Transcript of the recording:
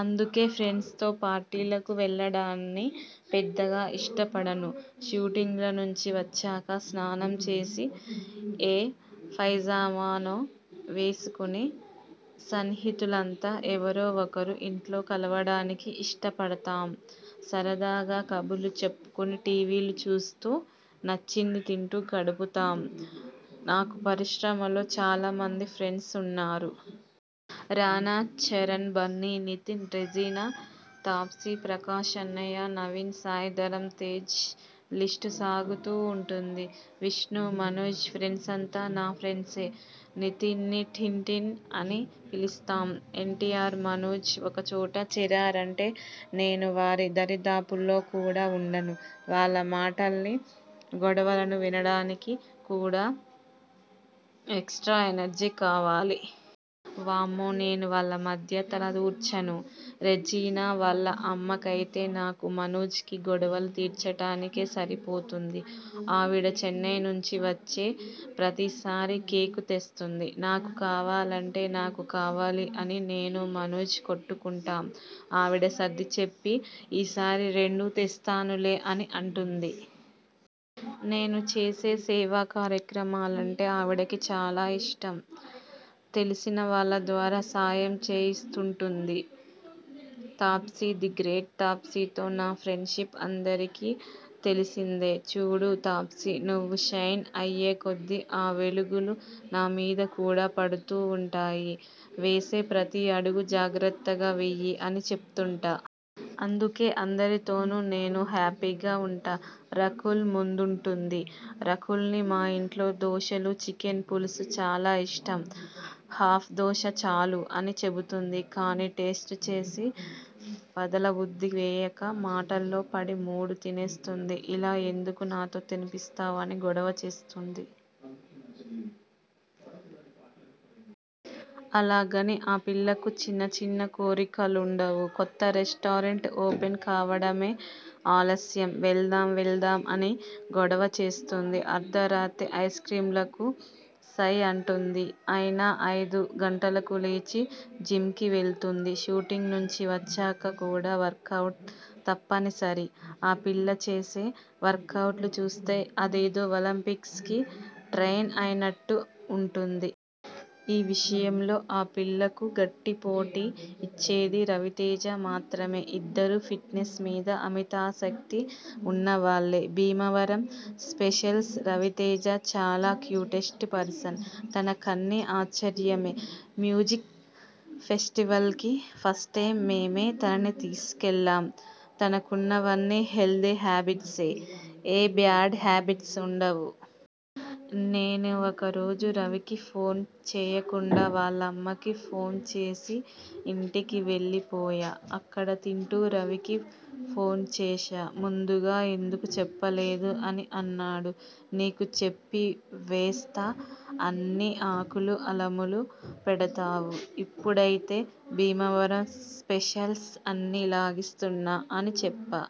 అందుకే ఫ్రెండ్స్తో పార్టీలకు వెళ్లడాన్ని పెద్దగా ఇష్టపడను. షూటింగులనుంచి వచ్చాక స్నానం చేసి ఏ పైజామానో వేసుకుని సన్నిహితులంతా ఎవరో ఒకరి ఇంట్లో కలవడానికి ఇష్టపడతాం. సరదాగా కబుర్లు చెప్పుకుని టీవీలు చూస్తూ, నచ్చింది తింటూ గడుపుతాం. నాకు పరిశ్రమలో చాలా మంది ఫ్రెండ్స్ ఉన్నారు. రానా, చరణ్, బన్ని, నితిన్, రెజీనా, తాప్సీ, ప్రకాశ్ అన్నయ్య, నవీన్, సాయిధరమ్తేజ్ లిస్టు సాగుతూ ఉంటుంది. విష్ణు, మనోజ్ ఫ్రెండ్సంతా నా ఫ్రెండ్సే. నితిన్ని టిన్టిన్ అని పిలుస్తాం. ఎన్టీఆర్, మనోజ్ ఒక చోట చేరారంటే నేను వారి దరిదాపుల్లో కూడా ఉండను. వాళ్ల మాటల్ని, గొడవలను వినడానికి కూడా ఎక్స్ట్రా ఎనర్జీ కావాలి. వామ్మో నేను వాళ్ల మధ్య తలదూర్చను. రెజీనా వాళ్ల అమ్మకైతే నాకు, మనోజ్కీ గొడవలు తీర్చడానికే సరిపోతుంది. ఆవిడ చెన్నై నుంచి వచ్చే ప్రతిసారీ కేకు తెస్తుంది. 'నాకు కావాలంటే నాకు కావాలి' అని నేను, మనోజ్ కొట్టుకుంటాం. ఆవిడ సర్దిచెప్పి 'ఈసారి రెండు తెస్తానులే' అని అంటుంది. నేను చేసే సేవా కార్యక్రమాలంటే ఆవిడకి చాలా ఇష్టం. తెలిసిన వాళ్ల ద్వారా సాయంచేయిస్తుంటుంది. Taapsee the great! తాప్సీతో నా ఫ్రెండ్షిప్ అందరికీ తెలిసిందే. 'చూడు తాప్సీ నువ్వు షైన్ అయ్యేకొద్దీ ఆ వెలుగులు నామీద కూడా పడుతూ ఉంటాయి. వేసే ప్రతి అడుగూ జాగ్రత్తగా వెయ్యి' అని చెప్తుంటా. అందుకే అందరితోనూ నేను హ్యాపీగా ఉంటా. రకుల్ ముందుంటుంది! రకుల్ని మా ఇంట్లో దోశలు, చికెన్ పులుసు చాలా ఇష్టం. 'హాఫ్ దోశ చాలు ' అని చెబుతుంది. కానీ టేస్ట్ చేసి వదలబుద్ధి వేయక మాటల్లో పడి మూడు తినేస్తుంది. 'ఇలా ఎందుకు నాతో తినిపిస్తావ్' అని గొడవచేస్తుంది. అలాగని ఆ పిల్లకు చిన్న చిన్న కోరికలుండవు. కొత్త రెస్టారెంట్ ఓపెన్ కావడమే ఆలస్యం 'వెళ్దాం వెళ్దాం' అని గొడవ చేస్తుంది. అర్థరాత్రి ఐస్క్రీమ్లకు సై అంటుంది. అయినా ఐదు గంటలకు లేచి జిమ్కి వెళ్తుంది. షూటింగ్ నుంచి వచ్చాక కూడా వర్కవుట్ తప్పనిసరి. ఆ పిల్ల చేసే వర్కవుట్లు చూస్తే అదేదో ఒలింపిక్స్కి ట్రెయిన్ అయినట్టు ఉంటుంది. ఈ విషయంలో ఆ పిల్లకు గట్టిపోటీ ఇచ్చేది రవితేజ మాత్రమే. ఇద్దరూ ఫిట్నెస్ మీద అమితాసక్తి ఉన్నవాళ్లే. భీమవరం స్పెషల్స్! రవితేజ చాలా క్యూటెస్ట్ పర్సన్. తనకన్నీ ఆశ్చర్యమే. మ్యూజిక్ ఫెస్టివల్కి ఫస్ట్టైమ్ మేమే తనని తీసుకెళ్లాం. తనకున్నవన్నీ హెల్దీ హ్యాబిట్సే. ఏ బ్యాడ్ హాబెట్స్ ఉండవు. నేను ఒక రోజు రవికి ఫోన్ చేయకుండా వాళ్లమ్మకి ఫోన్ చేసి ఇంటికి వెళ్లిపోయా. అక్కడ తింటూ రవికి ఫోన్ చేశా ముందుగా ఎందుకు చెప్పలేదు అని అన్నాడు. ' నీకు చెప్పి వేస్త అన్నీ ఆకులు అలములు పెడతావు. ఇప్పుడైతే భీమవరం స్పెషల్స్ అన్నీ లాగిస్తున్నా' అని చెప్పా.